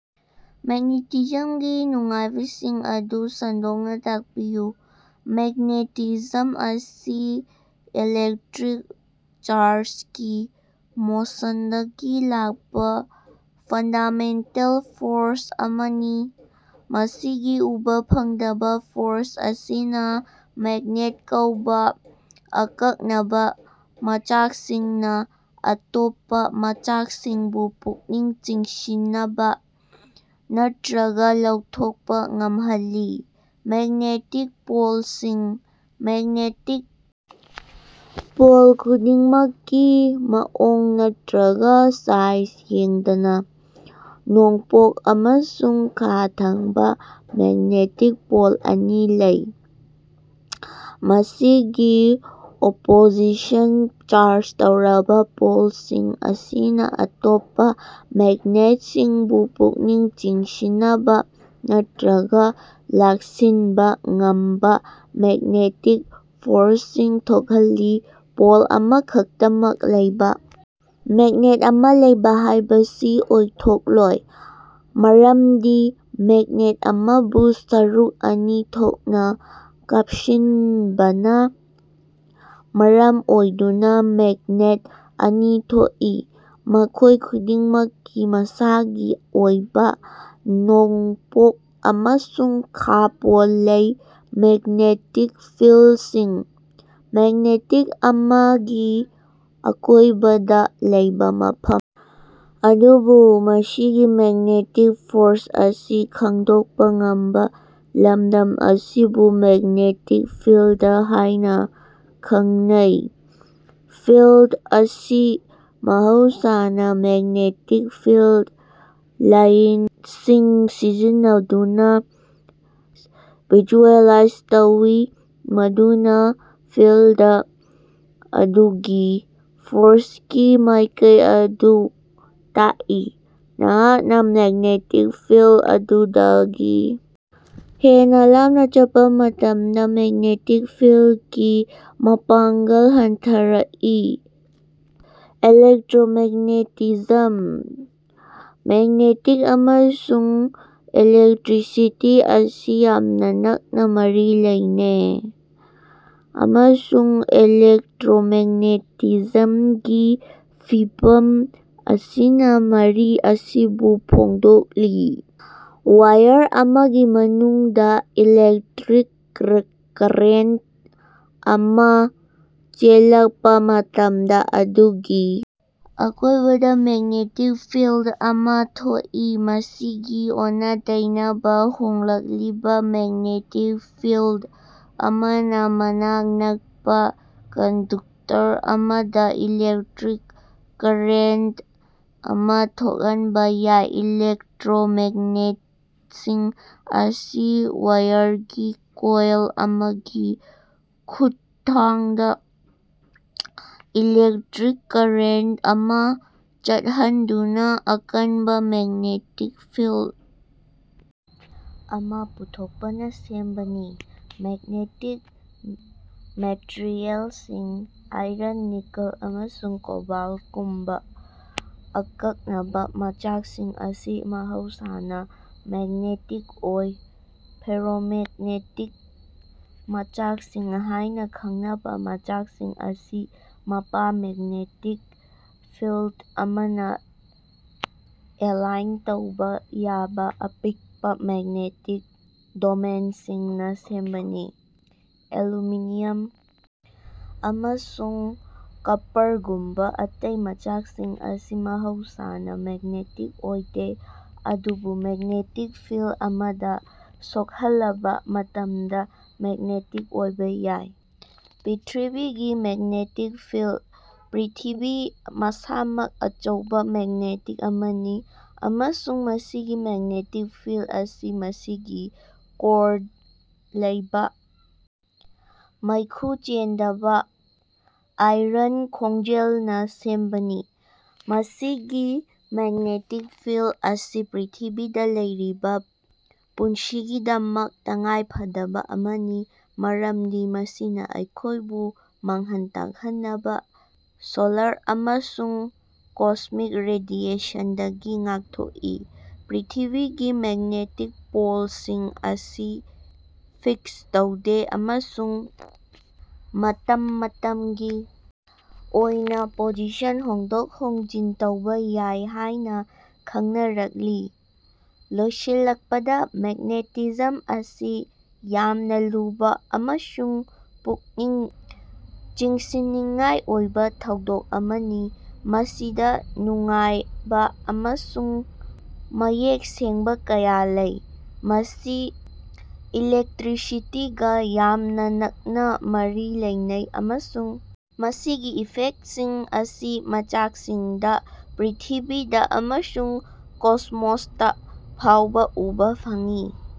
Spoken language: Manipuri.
ꯃꯦꯒ꯭ꯅꯦꯇꯤꯖꯝꯒꯤ ꯅꯨꯡꯉꯥꯏꯕꯁꯤꯡ ꯑꯗꯨ ꯁꯟꯗꯣꯛꯅ ꯇꯥꯛꯄꯤꯌꯨ꯫ ꯃꯦꯒ꯭ꯅꯦꯇꯤꯖꯝ ꯑꯁꯤ ꯏꯂꯦꯛꯇꯔꯤꯛ ꯆꯥꯔꯖꯒꯤ ꯃꯣꯁꯟꯗꯒꯤ ꯂꯥꯛꯄꯥ ꯐꯟꯗꯥꯃꯦꯟꯇꯦꯜ ꯐꯣꯔꯁ ꯑꯃꯅꯤ꯫ ꯃꯁꯤꯒꯤ ꯎꯕ ꯐꯪꯗꯕ ꯐꯣꯔꯁ ꯑꯁꯤꯅ ꯃꯦꯒ꯭ꯅꯦꯠ ꯀꯧꯕꯥ ꯑꯀꯛꯅꯕ ꯃꯆꯥꯛꯁꯤꯡꯅ ꯑꯇꯣꯞꯄꯥ ꯃꯆꯥꯛꯁꯤꯡꯕꯨ ꯄꯨꯛꯅꯤꯡ ꯆꯤꯡꯁꯤꯅꯕ ꯅꯠꯇ꯭ꯔꯒꯥ ꯂꯧꯊꯣꯛꯄꯥ ꯉꯝꯍꯜꯂꯤ꯫ ꯃꯦꯒ꯭ꯅꯦꯇꯤꯛ ꯄꯣꯜꯁꯤꯡ: ꯃꯦꯒ꯭ꯅꯦꯇꯤꯛ ꯄꯣꯜ ꯈꯨꯗꯤꯡꯃꯛꯀꯤ ꯃꯑꯣꯡ ꯅꯠꯇ꯭ꯔꯒꯥ ꯁꯥꯏꯖ ꯌꯦꯡꯗꯅ, ꯅꯣꯡꯄꯣꯛ ꯑꯃꯁꯨꯡ ꯈꯥ ꯊꯪꯕ ꯃꯦꯒ꯭ꯅꯦꯇꯤꯛ ꯄꯣꯜ ꯑꯅꯤ ꯂꯩ꯫ ꯃꯁꯤꯒꯤ ꯑꯣꯄꯣꯖꯤꯁꯟ ꯆꯥꯔꯖ ꯇꯧꯔꯕ ꯄꯣꯜꯁꯤꯡ ꯑꯁꯤꯅ ꯑꯇꯣꯞꯄꯥ ꯃꯦꯒ꯭ꯅꯦꯇꯁꯤꯡꯕꯨ ꯄꯨꯛꯅꯤꯡ ꯆꯤꯡꯁꯤꯅꯕ ꯅꯠꯇ꯭ꯔꯒꯥ ꯂꯥꯛꯁꯤꯟꯕ ꯉꯝꯕ ꯃꯦꯒ꯭ꯅꯦꯇꯤꯛ ꯐꯣꯔꯁꯁꯤꯡ ꯊꯣꯛꯍꯜꯂꯤ꯫ ꯄꯣꯜ ꯑꯃꯈꯛꯇꯃꯛ ꯂꯩꯕ ꯃꯦꯒ꯭ꯅꯦꯠ ꯑꯃ ꯂꯩꯕ ꯍꯥꯏꯕꯁꯤ ꯑꯣꯏꯊꯣꯛꯂꯣꯏ, ꯃꯔꯝꯗꯤ ꯃꯦꯒ꯭ꯅꯦꯠ ꯑꯃꯕꯨ ꯁꯔꯨꯛ ꯑꯅꯤ ꯊꯣꯛꯅ ꯀꯥꯞꯁꯤꯟꯕꯅ ꯃꯔꯝ ꯑꯣꯏꯗꯨꯅ ꯃꯦꯒ꯭ꯅꯦꯠ ꯑꯅꯤ ꯊꯣꯛꯏ, ꯃꯈꯣꯏ ꯈꯨꯗꯤꯡꯃꯛꯀꯤ ꯃꯁꯥꯒꯤ ꯑꯣꯏꯕ ꯅꯣꯡꯄꯣꯛ ꯑꯃꯁꯨꯡ ꯈꯥ ꯄꯣꯜ ꯂꯩ꯫ ꯃꯦꯒ꯭ꯅꯦꯇꯤꯛ ꯐꯤꯜꯗꯁꯤꯡ: ꯃꯦꯒ꯭ꯅꯦꯇꯤꯛ ꯑꯃꯒꯤ ꯑꯀꯣꯏꯕꯗ ꯂꯩꯕ ꯃꯐꯝ ꯑꯗꯨꯕꯨ ꯃꯁꯤꯒꯤ ꯃꯦꯒ꯭ꯅꯦꯇꯤꯛ ꯐꯣꯔꯁ ꯑꯁꯤ ꯈꯪꯗꯣꯛꯄꯥ ꯉꯝꯕ ꯂꯝꯗꯝ ꯑꯁꯤꯕꯨ ꯃꯦꯒ꯭ꯅꯦꯇꯤꯛ ꯐꯤꯜꯗ ꯍꯥꯏꯅ ꯈꯪꯅꯩ꯫ ꯐꯤꯜꯗ ꯑꯁꯤ ꯃꯍꯧꯁꯥꯅ ꯃꯦꯒ꯭ꯅꯦꯇꯤꯛ ꯐꯤꯜꯗ ꯂꯥꯏꯟꯁꯤꯡ ꯁꯤꯖꯤꯟꯅꯗꯨꯅ ꯚꯤꯖꯨꯑꯦꯂꯥꯏꯖ ꯇꯧꯏ, ꯃꯗꯨꯅ ꯐꯤꯜꯗ ꯑꯗꯨꯒꯤ ꯐꯣꯔꯁꯀꯤ ꯃꯥꯏꯀꯩ ꯑꯗꯨ ꯇꯥꯛꯏ꯫ ꯅꯍꯥꯛꯅ ꯃꯦꯒ꯭ꯅꯦꯇꯤꯛ ꯐꯤꯜꯗ ꯑꯗꯨꯗꯒꯤ ꯍꯦꯟꯅ ꯂꯥꯞꯅ ꯆꯠꯄꯥ ꯃꯇꯝꯗ ꯃꯦꯒ꯭ꯅꯦꯇꯤꯛ ꯐꯤꯜꯗꯀꯤ ꯃꯄꯥꯉꯡꯒꯜ ꯍꯟꯊꯔꯛꯏ꯫ ꯏꯂꯦꯛꯇꯔꯣꯃꯦꯒ꯭ꯅꯦꯇꯤꯖꯝ: ꯃꯦꯒ꯭ꯅꯦꯇꯤꯛ ꯑꯃꯁꯨꯡ ꯏꯂꯦꯛꯇꯔꯤꯁꯤꯇꯤ ꯑꯁꯤ ꯌꯥꯝꯅ ꯅꯛꯅ ꯃꯔꯤ ꯂꯩꯅꯦ, ꯑꯃꯁꯨꯡ ꯏꯂꯦꯛꯇꯔꯣꯃꯦꯒ꯭ꯅꯦꯇꯤꯖꯝꯒꯤ ꯐꯤꯚꯝ ꯑꯁꯤꯅ ꯃꯔꯤ ꯑꯁꯤꯕꯨ ꯐꯣꯡꯗꯣꯛꯂꯤ꯫ ꯋꯥꯏꯌꯔ ꯑꯃꯒꯤ ꯃꯅꯨꯡꯗ ꯏꯂꯦꯛꯇꯔꯤꯛ ꯀꯔ ꯀꯔꯦꯟꯇ ꯑꯃꯥ ꯆꯦꯜꯂꯛꯄꯥ ꯃꯇꯝꯗ ꯑꯗꯨꯒꯤ ꯑꯀꯣꯏꯕꯗ ꯃꯦꯒ꯭ꯅꯦꯇꯤꯛ ꯐꯤꯜꯗ ꯑꯃ ꯊꯣꯛꯏ꯫ ꯃꯁꯤꯒꯤ ꯑꯣꯟꯅ-ꯇꯩꯅꯕꯗ, ꯍꯣꯡꯂꯛꯂꯤꯕ ꯃꯦꯒ꯭ꯅꯦꯇꯤꯛ ꯐꯤꯜꯗ ꯑꯃꯅ ꯃꯅꯥꯛ ꯅꯛꯄꯥ ꯀꯟꯗꯨꯛꯇꯔ ꯑꯃꯗ ꯏꯂꯦꯛꯇꯔꯤꯛ ꯀꯔꯦꯟꯇ ꯑꯃ ꯊꯣꯛꯍꯟꯕ ꯌꯥꯏ꯫ ꯏꯂꯦꯛꯇꯔꯣꯃꯦꯒ꯭ꯅꯦꯇꯁꯤꯡ ꯑꯁꯤ ꯋꯥꯏꯌꯥꯔꯒꯤ ꯀꯣꯏꯜ ꯑꯃꯒꯤ ꯈꯨꯠꯊꯥꯡꯗ ꯏꯂꯦꯛꯇꯔꯤꯛ ꯀꯔꯦꯟꯇ ꯑꯃ ꯆꯠꯍꯟꯗꯨꯅ ꯑꯀꯟꯕ ꯃꯦꯒ꯭ꯅꯦꯇꯤꯛ ꯐꯤꯜꯗ ꯑꯃ ꯄꯨꯊꯣꯛꯄꯅ ꯁꯦꯝꯕꯅꯤ꯫ ꯃꯦꯒ꯭ꯅꯦꯇꯤꯛ ꯃꯦꯇꯔꯤꯑꯦꯜꯁꯤꯡ: ꯑꯥꯏꯔꯟ, ꯅꯤꯀꯜ, ꯑꯃꯁꯨꯡ ꯀꯣꯕꯜꯇꯒꯨꯝꯕ ꯑꯀꯛꯅꯕ ꯃꯆꯥꯛꯁꯤꯡ ꯑꯁꯤ ꯃꯍꯧꯁꯥꯅ ꯃꯦꯒ꯭ꯅꯦꯇꯤꯛ ꯑꯣꯏ꯫ ꯐꯦꯔꯣꯃꯦꯒ꯭ꯅꯦꯇꯤꯛ ꯃꯆꯥꯛꯁꯤꯡ ꯍꯥꯏꯅ ꯈꯪꯅꯕ ꯃꯆꯥꯛꯁꯤꯡ ꯑꯁꯤ ꯃꯄꯥ ꯃꯦꯒ꯭ꯅꯦꯇꯤꯛ ꯐꯤꯜꯗ ꯑꯃꯅ ꯑꯦꯂꯥꯏꯟ ꯇꯧꯕ ꯌꯥꯕ ꯑꯄꯤꯛꯄꯥ ꯃꯦꯒ꯭ꯅꯦꯇꯤꯛ ꯗꯣꯃꯦꯟꯁꯤꯡꯅ ꯁꯦꯝꯕꯅꯤ꯫ ꯑꯦꯂꯨꯃꯤꯅꯤꯌꯝ ꯑꯃꯁꯨꯡ ꯀꯄꯥꯔꯒꯨꯝꯕ ꯑꯇꯩ ꯃꯆꯥꯛꯁꯤꯡ ꯑꯁꯤ ꯃꯍꯧꯁꯥꯅ ꯃꯦꯒ꯭ꯅꯦꯇꯤꯛ ꯑꯣꯏꯗꯦ ꯑꯗꯨꯕꯨ ꯃꯦꯒ꯭ꯅꯦꯇꯤꯛ ꯐꯤꯜꯗ ꯑꯃꯗ ꯁꯣꯛꯍꯜꯂꯕ ꯃꯇꯝꯗ ꯃꯦꯒ꯭ꯅꯦꯇꯤꯛ ꯑꯣꯏꯕ ꯌꯥꯏ꯫ ꯄ꯭ꯔꯤꯊꯤꯕꯤꯒꯤ ꯃꯦꯒ꯭ꯅꯦꯇꯤꯛ ꯐꯤꯜꯗ: ꯄ꯭ꯔꯤꯊꯤꯕꯤ ꯃꯁꯥꯃꯛ ꯑꯆꯧꯕ ꯃꯦꯒ꯭ꯅꯦꯇꯤꯛ ꯑꯃꯅꯤ, ꯑꯃꯁꯨꯡ ꯃꯁꯤꯒꯤ ꯃꯦꯒ꯭ꯅꯦꯇꯤꯛ ꯐꯤꯜꯗ ꯑꯁꯤ ꯃꯁꯤꯒꯤ ꯀꯣꯔ ꯂꯩꯕ ꯃꯩꯈꯨ ꯆꯦꯟꯗꯕ ꯑꯥꯏꯔꯟ ꯈꯣꯡꯖꯦꯜꯅ ꯁꯦꯝꯕꯅꯤ꯫ ꯃꯁꯤꯒꯤ ꯃꯦꯒ꯭ꯅꯦꯇꯤꯛ ꯐꯤꯜꯗ ꯑꯁꯤ ꯄ꯭ꯔꯤꯊꯤꯕꯤꯗ ꯂꯩꯔꯤꯕ ꯄꯨꯟꯁꯤꯒꯤꯗꯃꯛ ꯇꯉꯥꯏꯐꯗꯕ ꯑꯃꯅꯤ, ꯃꯔꯝꯗꯤ ꯃꯁꯤꯅ ꯑꯩꯈꯣꯏꯕꯨ ꯃꯥꯡꯍꯟ ꯇꯥꯛꯍꯟꯅꯕ ꯁꯣꯂꯥꯔ ꯑꯃꯁꯨꯡ ꯀꯣꯁ꯭ꯃꯤꯛ ꯔꯦꯗꯤꯑꯦꯁꯟꯗꯒꯤ ꯉꯥꯛꯊꯣꯛꯏ꯫ ꯄ꯭ꯔꯤꯊꯤꯕꯤꯒꯤ ꯃꯦꯒ꯭ꯅꯦꯇꯤꯛ ꯄꯣꯜꯁꯤꯡ ꯑꯁꯤ ꯐꯤꯛꯁ ꯇꯧꯗꯦ ꯑꯃꯁꯨꯡ ꯃꯇꯝ ꯃꯇꯝꯒꯤ ꯑꯣꯏꯅ ꯄꯣꯖꯤꯁꯟ ꯍꯣꯡꯗꯣꯛ ꯍꯣꯡꯖꯤꯟ ꯇꯧꯕ ꯌꯥꯏ ꯍꯥꯏꯅ ꯈꯪꯅꯔꯛꯂꯤ꯫ ꯂꯣꯏꯁꯤꯜꯂꯛꯄꯗ, ꯃꯦꯒ꯭ꯅꯦꯇꯤꯖꯝ ꯑꯁꯤ ꯌꯥꯝꯅ ꯂꯨꯕ ꯑꯃꯁꯨꯡ ꯄꯨꯛꯅꯤꯡ ꯆꯤꯡꯁꯤꯟꯅꯤꯡꯉꯥꯏ ꯑꯣꯏꯕ ꯊꯧꯗꯣꯛ ꯑꯃꯅꯤ, ꯃꯁꯤꯗ ꯅꯨꯡꯉꯥꯏꯕ ꯑꯃꯁꯨꯡ ꯃꯌꯦꯛ ꯁꯦꯡꯕ ꯀꯌꯥ ꯂꯩ꯫ ꯃꯁꯤ ꯏꯂꯦꯛꯇꯔꯤꯁꯤꯇꯤꯒ ꯌꯥꯝꯅ ꯅꯛꯅ ꯃꯔꯤ ꯂꯩꯅꯩ, ꯑꯃꯁꯨꯡ ꯃꯁꯤꯒꯤ ꯏꯐꯦꯛꯇꯁꯤꯡ ꯑꯁꯤ ꯃꯆꯥꯛꯁꯤꯡꯗ, ꯄ꯭ꯔꯤꯊꯤꯕꯤꯗ ꯑꯃꯁꯨꯡ ꯀꯣꯁ꯭ꯃꯣꯁꯇꯥ ꯐꯥꯎꯕ ꯎꯕ ꯐꯪꯏ꯫